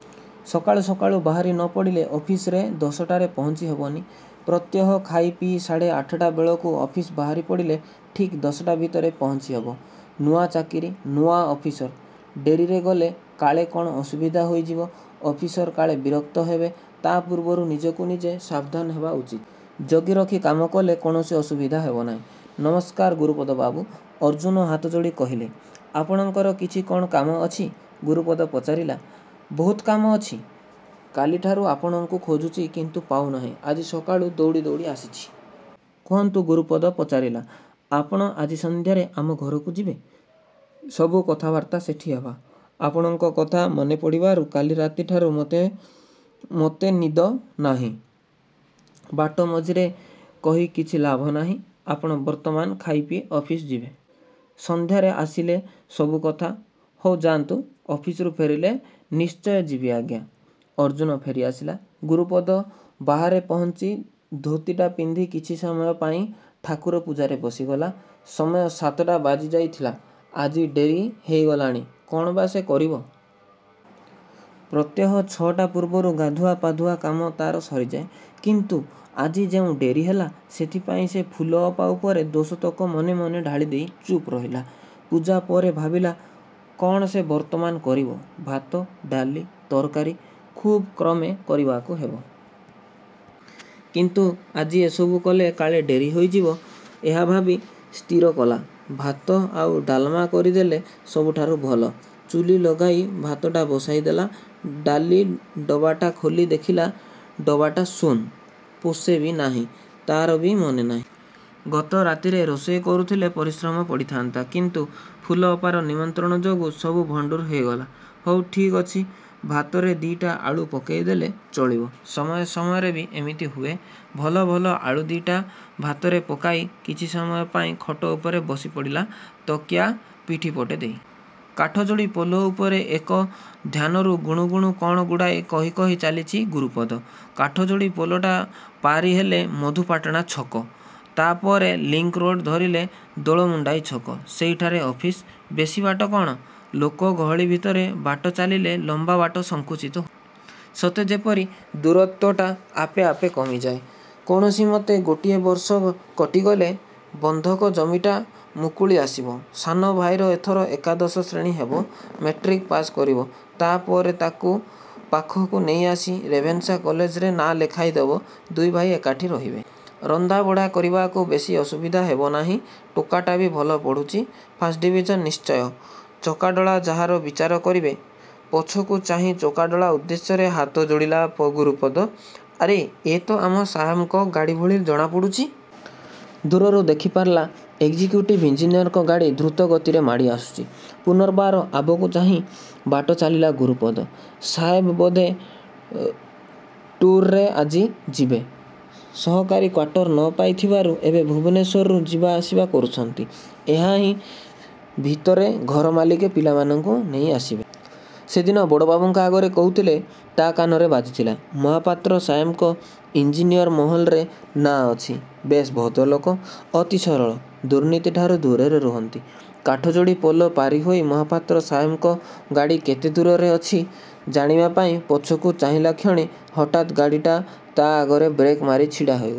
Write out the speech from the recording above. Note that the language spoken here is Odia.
ସକାଳୁ ସକାଳୁ ବାହାରି ନ ପଡ଼ିଲେ ଅଫିସରେ ଦଶଟାରେ ପହଞ୍ଚି ହେବନି। ପ୍ରତ୍ୟେହ ଖାଇ ପିଇ ସାଢ଼େ ଆଠଟା ବେଳକୁ ଅଫିସ ବାହାରି ପଡ଼ିଲେ ଠିକ୍ ଦଶଟା ଭିତରେ ପହଞ୍ଚି ହେବ। ନୂଆ ଚାକିରି, ନୂଆ ଅଫିସର। ଡେରିରେ ଗଲେ କାଳେ କ'ଣ ଅସୁବିଧା ହୋଇଯିବ; ଅଫିସର କାଳେ ବିରକ୍ତ ହେବେ, ତା' ପୂର୍ବରୁ ନିଜକୁ ନିଜେ ସାବଧାନ ହେବା ଉଚିତ। ଜଗି ରଖି କାମକଲେ କୌଣସି ଅସୁବିଧା ହେବନାହିଁ। ନମସ୍କାର ଗୁରୁପଦ ବାବୁ! ଅର୍ଜ୍ଜୁନ ହାତ ଯୋଡ଼ି କହିଲେ। ଆପଣଙ୍କର କିଛି କ'ଣ କାମ ଅଛି? ଗୁରୁପଦ ପଚାରିଲା। ବହୁତ କାମ ଅଛି। କାଲିଠାରୁ ଆପଣଙ୍କୁ ଖୋଜୁଛି କିନ୍ତୁ ପାଉନାହିଁ। ଆଜି ସକାଳୁ ଦୌଡ଼ି ଦୌଡ଼ି ଆସିଛି। କୁହନ୍ତୁ, ଗୁରୁପଦ ପଚାରିଲା। ଆପଣ ଆଜି ସନ୍ଧ୍ୟାରେ ଆମ ଘରକୁ ଯିବେ।। ସବୁ କଥାବାର୍ତ୍ତା ସେଠି ହେବା। ଆପଣଙ୍କ କଥା ମନେ ପଡ଼ିବାରୁ କାଲି ରାତି ଠାରୁ ମୋଟେ ମୋତେ ନିଦ ନାହିଁ। ବାଟ ମଝିରେ କହି କିଛି ଲାଭ ନାହିଁ। ଆପଣ ବର୍ତ୍ତମାନ ଖାଇ ପିଇ ଅଫିସ ଯିବେ। ସନ୍ଧ୍ୟାରେ ଆସିଲେ ସବୁକଥା। ହଉ ଯାଆନ୍ତୁ, ଅଫିସରୁ ଫେରିଲେ ନିଶ୍ଚୟ ଯିବି ଆଜ୍ଞା। ଅର୍ଜ୍ଜୁନ ଫେରି ଆସିଲା। ଗୁରୁପଦ ବସାରେ ପହଞ୍ଚି ଧୋତିଟା ପିନ୍ଧି କିଛି ସମୟ ପାଇଁ ଠାକୁର ପୂଜାରେ ବସିଗଲା। ସମୟ ସାତଟା ବାଜିଯାଇଥିଲା। ଆଜି ଡେରି ହୋଇଗଲାଣି। କ'ଣ ବା ସେ କରିବ। ପ୍ରତ୍ୟେହ ଛଅଟା ପୂର୍ବରୁ ଗାଧୁଆ ପାଧୁଆ କାମ ତା'ର ସରିଯାଏ। କିନ୍ତୁ ଆଜି ଯେଉଁ ଡେରି ହେଲା, ସେଥିପାଇଁ ସେ ଫୁଲଅପା ଉପରେ ଦୋଷତକ ମନେ ମନେ ଢାଳିଦେଇ ଚୁପ୍ ରହିଲା। ପୂଜାପରେ ଭାବିଲା କ'ଣ ସେ ବର୍ତ୍ତମାନ କରିବ? ଭାତ, ଡାଲି, ତରକାରୀ ଖୁବ୍ କମ୍ରେ କରିବାକୁ ହେବ। କିନ୍ତୁ ଆଜି ଏସବୁ କଲେ କାଳେ ଡେରି ହୋଇଯିବ; ଏହା ଭାବି ସ୍ଥିର କଲା, ଭାତ ଆଉ ଡାଲମାଟା କରିଦେଲେ ସବୁଠାରୁ ଭଲ। ଚୁଲି ଲଗାଇ ଭାତଟା ବସାଇ ଦେଲା। ଡାଲି ଡବାଟା ଖୋଲି ଦେଖିଲା ଡବାଟା ଶୂନ୍, ପୋଷେ ବି ନାହିଁ। ତା'ର ବି ମନେ ନାହିଁ। ଗତ ରାତିରେ ରୋଷେଇ କରିଥିଲେ ପରିଶ୍ରମ ପଡ଼ିଥାନ୍ତା। କିନ୍ତୁ ଫୁଲଅପାର ନିମନ୍ତ୍ରଣ ଯୋଗୁ ସବୁ ଭଣ୍ଡୁର ହୋଇଗଲା। ହଉ ଠିକ୍ ଅଛି, ଭାତରେ ଦି'ଟା ଆଳୁ ପକେଇ ଦେଲେ ଚଳିବ। ସମୟ ସମୟରେ ବି ଏମିତି ହୁଏ। ଭଲ ଭଲ ଆଳୁ ଦି'ଟା ଭାତରେ ପକାଇ କିଛି ସମୟ ପାଇଁ ଖଟ ଉପରେ ବସି ପଡ଼ିଲା, ତକିଆ ପିଠିପଟେ ଦେଇ। କାଠଯୋଡ଼ି ପୋଲ ଉପରେ ଏକ ଧ୍ୟାନରେ ଗୁଣୁ ଗୁଣୁ କ'ଣଗୁଡ଼ାଏ କହି କହି ଚାଲିଛି ଗୁରୁପଦ। କାଠଯୋଡ଼ି ପୋଲଟା ପାରି ହେଲେ ମଧୁପାଟଣା ଛକ। ତା'ପରେ ଲିଙ୍କ ରୋଡ଼ ଧରିଲେ ଦୋଳମୁଣ୍ଡାଇ ଛକ। ସେହିଠାରେ ଅଫିସ୍। ବେଶି ବାଟ କ'ଣ? ଲୋକ ଗହଳି ଭିତରେ ବାଟ ଚାଲିଲେ ଲମ୍ୱା ବାଟ ସଙ୍କୁଚିତ ହୋଇଯାଏ। ସତେ ଯେପରି ଦୂରତ୍ୱଟା ଆପେ ଆପେ କମିଯାଏ। କୌଣସିମତେ ଗୋଟିଏ ବର୍ଷ କଟିଗଲେ, ବନ୍ଧକ ଜମିଟା ମୁକୁଳି ଆସିବ। ସାନ ଭାଇର ଏଥର ଏକାଦଶ ଶ୍ରେଣୀ ହେବ। ମାଟ୍ରିକ୍ ପାଶ୍ କରିବ। ତା'ପରେ ତା'କୁ ପାଖକୁ ନେଇଆସି ରେଭେନ୍ସା କଲେଜରେ ନା ଲେଖାଇ ଦେବ। ଦୁଇ ଭାଇ ଏକାଠି ରହିବେ। ରନ୍ଧା ବଢ଼ା କରିବାକୁ ବେଶି ଅସୁବିଧା ହେବ ନାହିଁ। ଟୋକାଟା ବି ଭଲ ପଢ଼ୁଛି। ଫାଷ୍ଟ ଡିଭିଜନ୍ ନିଶ୍ଚୟ। ଚକାଡୋଳା ଯାହା ବିଚାର କରିବେ। ପଛକୁ ଚାହିଁ ଚକାଡ଼ୋଳା ଉଦ୍ଦେଶ୍ୟରେ ହାତ ଯୋଡ଼ିଲା ଗୁରୁପଦ। ଆରେ ଏ ତ ଆମ ସାହାବଙ୍କ ଗାଡ଼ି ଭଳି ଜଣା ପଡ଼ୁଛି। ଦୂରରୁ ଦେଖିପାରିଲା ଏକ୍ଜିକୁଟିଭ ଇଞ୍ଜିନିୟରଙ୍କ ଗାଡ଼ି ଦ୍ରୁତ ଗତିରେ ମାଡ଼ି ଆସୁଛି। ପୁନର୍ବାର ଆଗକୁ ଚାହିଁ ବାଟ ଚାଲିଲା ଗୁରୁପଦ। ସାହାବ ବୋଧେ ଟୁର୍ରେ ଆଜି ଯିବେ? ସରକାରୀ କ୍ୱାଟର ନ ପାଇ ଥିବାରୁ ଏବେ ଭୁବନେଶ୍ୱରରୁ ଯିବା ଆସିବା କରୁଛନ୍ତି। ଏହାରି ଭିତରେ ଘର ମିଳିଲେ ପିଲାମାନଙ୍କୁ ନେଇଆସିବେ। ସେଦିନ ବଡ଼ବାବୁଙ୍କ ଆଗରେ କହୁଥିଲେ, ତା' କାନରେ ବାଜିଥିଲା। ମହାପାତ୍ର ସାହାବଙ୍କ ଇଞ୍ଜିନିୟର ମହଲରେ ନାଁ ଅଛି। ବେଶ୍ ଭଦ୍ରଲୋକ। ଅତି ସରଳ। ଦୁର୍ନୀତି ଠାରୁ ଦୂରରେ ରୁହନ୍ତି। କାଠଯୋଡ଼ି ପୋଲ ପାରିହୋଇ ମହାପାତ୍ର ସାହାବଙ୍କ ଗାଡ଼ି କେତେ ଦୂରରେ ଅଛି ଜାଣିବା ପାଇଁ ପଛକୁ ଚାହିଁଲାକ୍ଷଣି ହଠାତ୍ ଗାଡ଼ିଟା ତା' ଆଗରେ ବ୍ରେକ ମାରି ଛିଡ଼ା ହୋଇଗଲା।